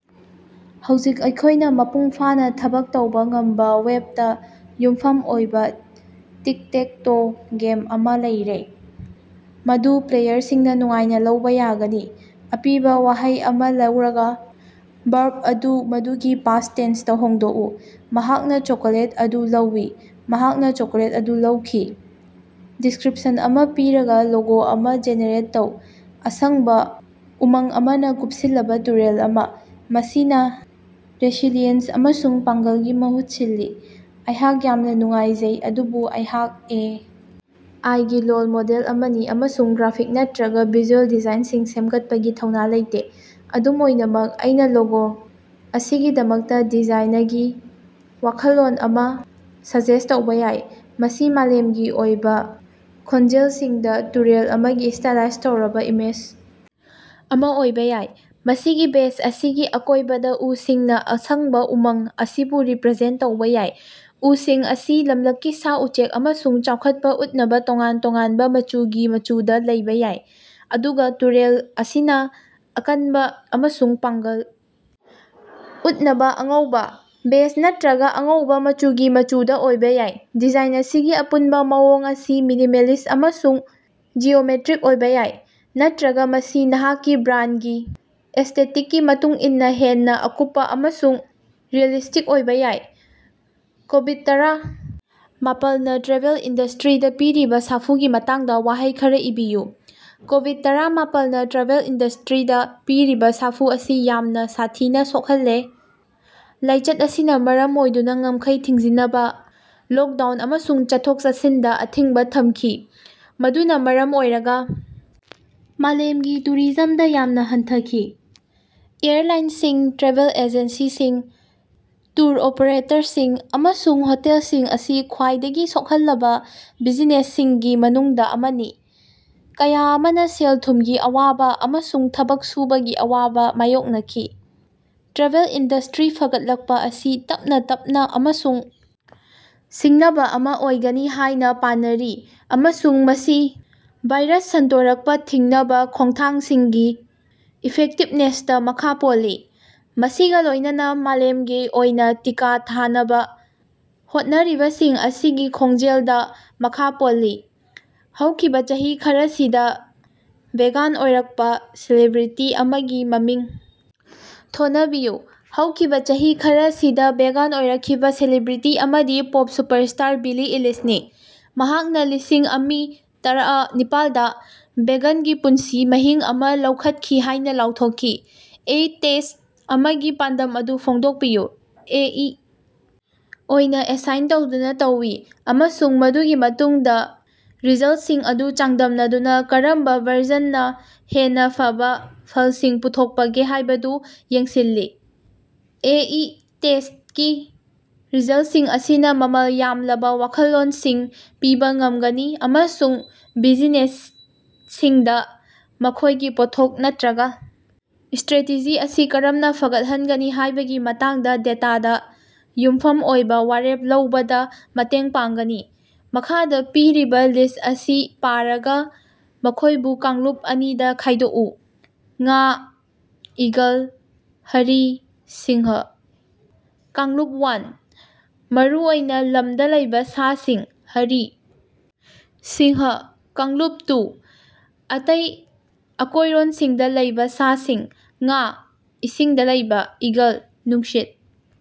ꯍꯧꯖꯤꯛ ꯑꯩꯈꯣꯏꯅ ꯃꯄꯨꯡ ꯐꯥꯅꯥ ꯊꯕꯛ ꯇꯧꯕ ꯉꯝꯕ ꯋꯦꯕꯇ ꯌꯨꯝꯐꯝ ꯑꯣꯏꯕꯥ ꯇꯤꯛ-ꯇꯦꯛ-ꯇꯣ ꯒꯦꯝ ꯑꯃ ꯂꯩꯔꯦ, ꯃꯗꯨ ꯄ꯭ꯂꯦꯌꯔꯁꯤꯡꯅ ꯅꯨꯡꯉꯥꯏꯅ ꯂꯧꯕ ꯌꯥꯒꯅꯤ꯫। ꯑꯄꯤꯕ ꯋꯥꯍꯩ ꯑꯃꯥ ꯂꯧꯔꯒꯥ ꯕꯔꯕ ꯑꯗꯨ ꯃꯗꯨꯒꯤ ꯄꯥꯁꯠ ꯇꯦꯟꯁꯇ ꯍꯣꯡꯗꯣꯛꯎ꯫ ꯃꯍꯥꯛꯅ ꯆꯣꯀꯣꯂꯦꯠ ꯑꯗꯨ ꯂꯧꯏ꯫ ꯃꯍꯥꯛꯅ ꯆꯣꯀꯣꯂꯦꯠ ꯑꯗꯨ ꯂꯧꯈꯤ꯫ ꯗꯤꯁ꯭ꯀꯔꯤꯄꯁꯟ ꯑꯃ ꯄꯤꯔꯒꯥ, ꯂꯣꯒꯣ ꯑꯃ ꯖꯦꯅꯦꯔꯦꯠ ꯇꯧ꯫ ꯑꯁꯪꯕꯥ ꯎꯃꯪ ꯑꯃꯅ ꯀꯨꯞꯁꯤꯜꯂꯕ ꯇꯨꯔꯦꯜ ꯑꯃ, ꯃꯁꯤꯅꯥ ꯔꯦꯁꯤꯂꯤꯌꯦꯟꯁ ꯑꯃꯁꯨꯡ ꯄꯥꯡꯒꯜꯒꯤ ꯃꯍꯨꯠ ꯁꯤꯜꯂꯤ꯫ ꯑꯩꯍꯥꯛ ꯌꯥꯝꯅꯥ ꯅꯨꯡꯉꯥꯏꯖꯩ, ꯑꯗꯨꯕꯨ ꯑꯩꯍꯥꯛ ꯑꯦ. ꯑꯥꯏ. ꯒꯤ ꯂꯣꯜ ꯃꯣꯗꯦꯜ ꯑꯃꯅꯤ ꯑꯃꯁꯨꯡ ꯒ꯭ꯔꯥꯐꯤꯛ ꯅꯠꯔꯒꯥ ꯚꯤꯖꯨꯑꯦꯜ ꯗꯤꯖꯥꯏꯅꯁꯤꯡ ꯁꯦꯝꯒꯠꯄꯒꯤ ꯊꯧꯅꯥ ꯂꯩꯇꯦ꯫ ꯑꯗꯨꯝ ꯑꯣꯏꯅꯃꯛ, ꯑꯩꯅꯥ ꯂꯣꯒꯣ ꯑꯁꯤꯒꯤꯗꯃꯛꯇꯥ ꯗꯤꯖꯥꯏꯅꯒꯤ ꯋꯥꯈꯜꯂꯣꯟ ꯑꯃꯥ ꯁꯖꯦꯁꯠ ꯇꯧꯕꯥ ꯌꯥꯏ: ꯃꯁꯤ ꯃꯥꯂꯦꯝꯒꯤ ꯑꯣꯏꯕꯥ ꯈꯣꯟꯖꯦꯜꯁꯤꯡꯗꯥ ꯇꯨꯔꯦꯜ ꯑꯃꯒꯤ ꯁ꯭ꯇꯥꯏꯂꯥꯏꯖ ꯇꯧꯔꯕꯥ ꯏꯃꯦꯖ ꯑꯃꯥ ꯑꯣꯏꯕꯥ ꯌꯥꯏ, ꯃꯁꯤꯒꯤ ꯕꯦꯖ ꯑꯁꯤꯒꯤ ꯑꯀꯣꯏꯕꯗꯥ ꯎꯁꯤꯡꯅꯥ ꯑꯁꯪꯕꯥ ꯎꯃꯪ ꯑꯁꯤꯕꯨ ꯔꯤꯄꯔꯖꯦꯟꯇ ꯇꯧꯕꯥ ꯌꯥꯏ꯫ ꯎꯁꯤꯡ ꯑꯁꯤ ꯂꯝꯂꯛꯀꯤ ꯁꯥ-ꯎꯆꯦꯛ ꯑꯃꯁꯨꯡ ꯆꯥꯎꯈꯠꯄꯥ ꯎꯠꯅꯕꯥ ꯇꯣꯉꯥꯟ ꯇꯣꯉꯥꯟꯕ ꯃꯆꯨꯒꯤ ꯃꯆꯨꯗꯥ ꯂꯩꯕꯥ ꯌꯥꯏ, ꯑꯗꯨꯒꯥ ꯇꯨꯔꯦꯜ ꯑꯁꯤꯅꯥ ꯑꯀꯟꯕꯥ ꯑꯃꯁꯨꯡ ꯄꯥꯡꯒꯜ ꯎꯠꯅꯕꯥ ꯑꯉꯧꯕꯥ, ꯕꯦꯖ ꯅꯠꯇ꯭ꯔꯒꯥ ꯑꯉꯧꯕꯥ ꯃꯆꯨꯒꯤ ꯃꯆꯨꯗꯥ ꯑꯣꯏꯕꯥ ꯌꯥꯏ꯫ ꯗꯤꯖꯥꯏꯟ ꯑꯁꯤꯒꯤ ꯑꯄꯨꯟꯕ ꯃꯑꯣꯡ ꯑꯁꯤ ꯃꯤꯅꯤꯃꯥꯂꯤꯁꯠ ꯑꯃꯁꯨꯡ ꯖꯤꯑꯣꯃꯦꯠꯔꯤꯛ ꯑꯣꯏꯕꯥ ꯌꯥꯏ, ꯅꯠꯇꯔꯒꯥ ꯃꯁꯤ ꯅꯍꯥꯛꯀꯤ ꯕ꯭ꯔꯥꯟꯗꯒꯤ ꯑꯦꯁꯇꯦꯇꯤꯛꯀꯤ ꯃꯇꯨꯡ ꯏꯟꯅꯥ ꯍꯦꯟꯅꯥ ꯑꯀꯨꯞꯄꯥ ꯑꯃꯁꯨꯡ ꯔꯤꯑꯦꯂꯤꯁꯇꯤꯛ ꯑꯣꯏꯕꯥ ꯌꯥꯏ꯫ ꯀꯣꯕꯤꯗ-ꯇꯔꯥ ꯃꯥꯄꯜꯅꯥ ꯇ꯭ꯔꯦꯚꯦꯜ ꯏꯟꯗꯁꯇ꯭ꯔꯤꯗꯥ ꯄꯤꯔꯤꯕꯥ ꯁꯥꯐꯨꯒꯤ ꯃꯇꯥꯡꯗꯥ ꯋꯥꯍꯩ ꯈꯔꯥ ꯏꯕꯤꯌꯨ꯫ ꯀꯣꯕꯤꯗ-ꯇꯔꯥ ꯃꯥꯄꯜꯅ ꯇ꯭ꯔꯥꯚꯦꯜ ꯏꯟꯗꯁꯇꯔꯤꯗꯥ ꯄꯤꯔꯤꯕꯥ ꯁꯥꯐꯨ ꯑꯁꯤ ꯌꯥꯝꯅ ꯁꯥꯊꯤꯅ ꯁꯣꯛꯍꯜꯂꯦ꯫ ꯂꯥꯏꯆꯠ ꯑꯁꯤꯅꯥ ꯃꯔꯝ ꯑꯣꯏꯗꯨꯅꯥ ꯉꯝꯈꯩ ꯊꯤꯡꯖꯤꯅꯕꯥ, ꯂꯣꯛꯗꯥꯎꯟ, ꯑꯃꯁꯨꯡ ꯆꯠꯊꯣꯛ-ꯆꯠꯁꯤꯟꯗꯥ ꯑꯊꯤꯡꯕꯥ ꯊꯝꯈꯤ, ꯃꯗꯨꯅꯥ ꯃꯔꯝ ꯑꯣꯏꯔꯒꯥ ꯃꯥꯂꯦꯝꯒꯤ ꯇꯨꯔꯤꯖꯝꯗꯥ ꯌꯥꯝꯅꯥ ꯍꯟꯊꯈꯤ꯫ ꯑꯦꯌꯔꯂꯥꯏꯅꯁꯤꯡ, ꯇ꯭ꯔꯦꯚꯦꯜ ꯑꯦꯖꯦꯟꯁꯤꯁꯤꯡ, ꯇꯨꯔ ꯑꯣꯄꯔꯦꯇꯔꯁꯤꯡ, ꯑꯃꯁꯨꯡ ꯍꯣꯇꯦꯜꯁꯤꯡ ꯑꯁꯤ ꯈ꯭ꯋꯥꯏꯗꯒꯤ ꯁꯣꯛꯍꯜꯂꯕꯥ ꯕꯤꯖꯤꯅꯦꯁꯁꯤꯡꯒꯤ ꯃꯅꯨꯡꯗꯥ ꯑꯃꯅꯤ, ꯀꯌꯥ ꯑꯃꯅꯥ ꯁꯦꯜ-ꯊꯨꯝꯒꯤ ꯑꯋꯥꯕꯥ ꯑꯃꯁꯨꯡ ꯊꯕꯛ ꯁꯨꯕꯒꯤ ꯑꯋꯥꯕꯥ ꯃꯥꯌꯣꯛꯅꯈꯤ꯫ ꯇ꯭ꯔꯦꯚꯦꯜ ꯏꯟꯗꯁꯇꯔꯤ ꯐꯒꯠꯂꯛꯄꯥ ꯑꯁꯤ ꯇꯞꯅꯥ ꯇꯞꯅꯥ ꯑꯃꯁꯨꯡ ꯁꯤꯡꯅꯕꯥ ꯑꯃꯥ ꯑꯣꯏꯒꯅꯤ ꯍꯥꯏꯅꯥ ꯄꯥꯅꯔꯤ ꯑꯃꯁꯨꯡ ꯃꯁꯤ ꯚꯥꯏꯔꯁ ꯁꯟꯗꯣꯔꯛꯄꯥ ꯊꯤꯡꯅꯕꯥ ꯈꯣꯡꯊꯥꯡꯁꯤꯡꯒꯤ ꯏꯐꯦꯛꯇꯤꯕꯅꯦꯁꯇꯥ ꯃꯈꯥ ꯄꯣꯜꯂꯤ, ꯃꯁꯤꯒꯥ ꯂꯣꯏꯅꯅ ꯃꯥꯂꯦꯝꯒꯤ ꯑꯣꯏꯅꯥ ꯇꯤꯀꯥ ꯊꯥꯅꯕꯥ ꯍꯣꯠꯅꯔꯤꯕꯁꯤꯡ ꯑꯁꯤꯒꯤ ꯈꯣꯡꯖꯦꯂꯗꯥ ꯃꯈꯥ ꯄꯣꯜꯂꯤ꯫ ꯍꯧꯈꯤꯕꯥ ꯆꯍꯤ ꯈꯔꯁꯤꯗꯥ ꯚꯦꯒꯥꯟ ꯑꯣꯏꯔꯀꯄꯥ ꯁꯦꯂꯤꯕ꯭ꯔꯦꯇꯤ ꯑꯃꯒꯤ ꯃꯃꯤꯡ ꯊꯣꯅꯕꯤꯌꯨ꯫ ꯍꯧꯈꯤꯕꯥ ꯆꯍꯤ ꯈꯔꯁꯤꯗꯥ ꯚꯦꯒꯥꯟ ꯑꯣꯏꯔꯛꯈꯤꯕꯥ ꯁꯦꯂꯤꯕ꯭ꯔꯦꯇꯤ ꯑꯃꯗꯤ ꯄꯣꯞ ꯁꯨꯄꯔꯁ꯭ꯇꯥꯔ ꯕꯤꯂꯤ ꯏꯂꯤꯁꯅꯤ, ꯃꯍꯥꯛꯅꯥ ꯂꯤꯁꯤꯡ ꯑꯃꯤ ꯇꯔꯑ ꯅꯤꯄꯥꯜꯗꯥ ꯚꯦꯒꯥꯟꯒꯤ ꯄꯨꯟꯁꯤ ꯃꯍꯤꯡ ꯑꯃꯥ ꯂꯧꯈꯠꯈꯤ ꯍꯥꯏꯅꯥ ꯂꯥꯎꯊꯣꯛꯈꯤ꯫ ꯑꯦ ꯏ ꯇꯦꯁꯠ ꯑꯃꯒꯤ ꯄꯥꯟꯗꯝ ꯑꯗꯨ ꯐꯣꯡꯗꯣꯛꯄꯤꯌꯨ꯫ ꯑꯦ ꯏ ꯑꯣꯏꯅꯥ ꯑꯦꯁꯥꯏꯟ ꯇꯧꯗꯨꯅꯥ ꯇꯧꯏ, ꯑꯃꯁꯨꯡ ꯃꯗꯨꯒꯤ ꯃꯇꯨꯡꯗꯥ ꯔꯤꯖꯜꯇꯁꯤꯡ ꯑꯗꯨ ꯆꯥꯡꯗꯝꯅꯗꯨꯅꯥ ꯀꯔꯝꯕꯥ ꯚꯔꯖꯅꯅꯥ ꯍꯦꯟꯅꯥ ꯐꯕꯥ ꯐꯜꯁꯤꯡ ꯄꯨꯊꯣꯛꯄꯒꯦ ꯍꯥꯏꯕꯗꯨ ꯌꯦꯡꯁꯤꯜꯂꯤ꯫ ꯑꯦ ꯏ ꯇꯦꯁꯇꯀꯤ ꯔꯤꯖꯜꯇꯁꯤꯡ ꯑꯁꯤꯅꯥ ꯃꯃꯜ ꯌꯥꯝꯂꯕꯥ ꯋꯥꯈꯜꯂꯣꯟꯁꯤꯡ ꯄꯤꯕꯥ ꯉꯝꯒꯅꯤ ꯑꯃꯁꯨꯡ ꯕꯤꯖꯤꯅꯦꯁꯁꯤꯡꯗꯥ ꯃꯈꯣꯏꯒꯤ ꯄꯣꯠꯊꯣꯛ ꯅꯠꯇꯔꯒꯥ ꯁ꯭ꯇꯔꯦꯇꯦꯖꯤ ꯑꯁꯤ ꯀꯔꯝꯅꯥ ꯐꯒꯠꯍꯟꯒꯅꯤ ꯍꯥꯏꯕꯒꯤ ꯃꯇꯥꯡꯗꯥ ꯗꯦꯇꯥꯗꯥ ꯌꯨꯝꯐꯝ ꯑꯣꯏꯕꯥ ꯋꯥꯔꯦꯞ ꯂꯧꯕꯗꯥ ꯃꯇꯦꯡ ꯄꯥꯡꯒꯅꯤ꯫ ꯃꯈꯥꯗꯥ ꯄꯤꯔꯤꯕꯥ ꯂꯤꯁꯠ ꯑꯁꯤ ꯄꯤꯔꯒꯥ, ꯃꯈꯣꯏꯕꯨ ꯀꯥꯡꯂꯨꯞ ꯑꯅꯤꯗꯥ ꯈꯥꯏꯗꯣꯛꯎ꯫ ꯉꯥ, ꯏꯒꯜ, ꯍꯔꯤ, ꯁꯤꯡꯍ꯫ ꯀꯥꯡꯂꯨꯞ ꯋꯥꯟ: ꯃꯔꯨꯑꯣꯏꯅꯥ ꯂꯝꯗꯥ ꯂꯩꯕꯥ ꯁꯥꯁꯤꯡ: ꯍꯔꯤ ꯁꯤꯡꯍ ꯀꯥꯡꯂꯨꯞ ꯇꯨ: ꯑꯇꯩ ꯑꯀꯣꯏꯔꯣꯟꯁꯤꯡꯗꯥ ꯂꯩꯕꯥ ꯁꯥꯁꯤꯡ: ꯉꯥ (ꯏꯁꯤꯡꯗꯥ ꯂꯩꯕꯥ) ꯏꯒꯜ (ꯅꯨꯡꯁꯤꯠ)꯫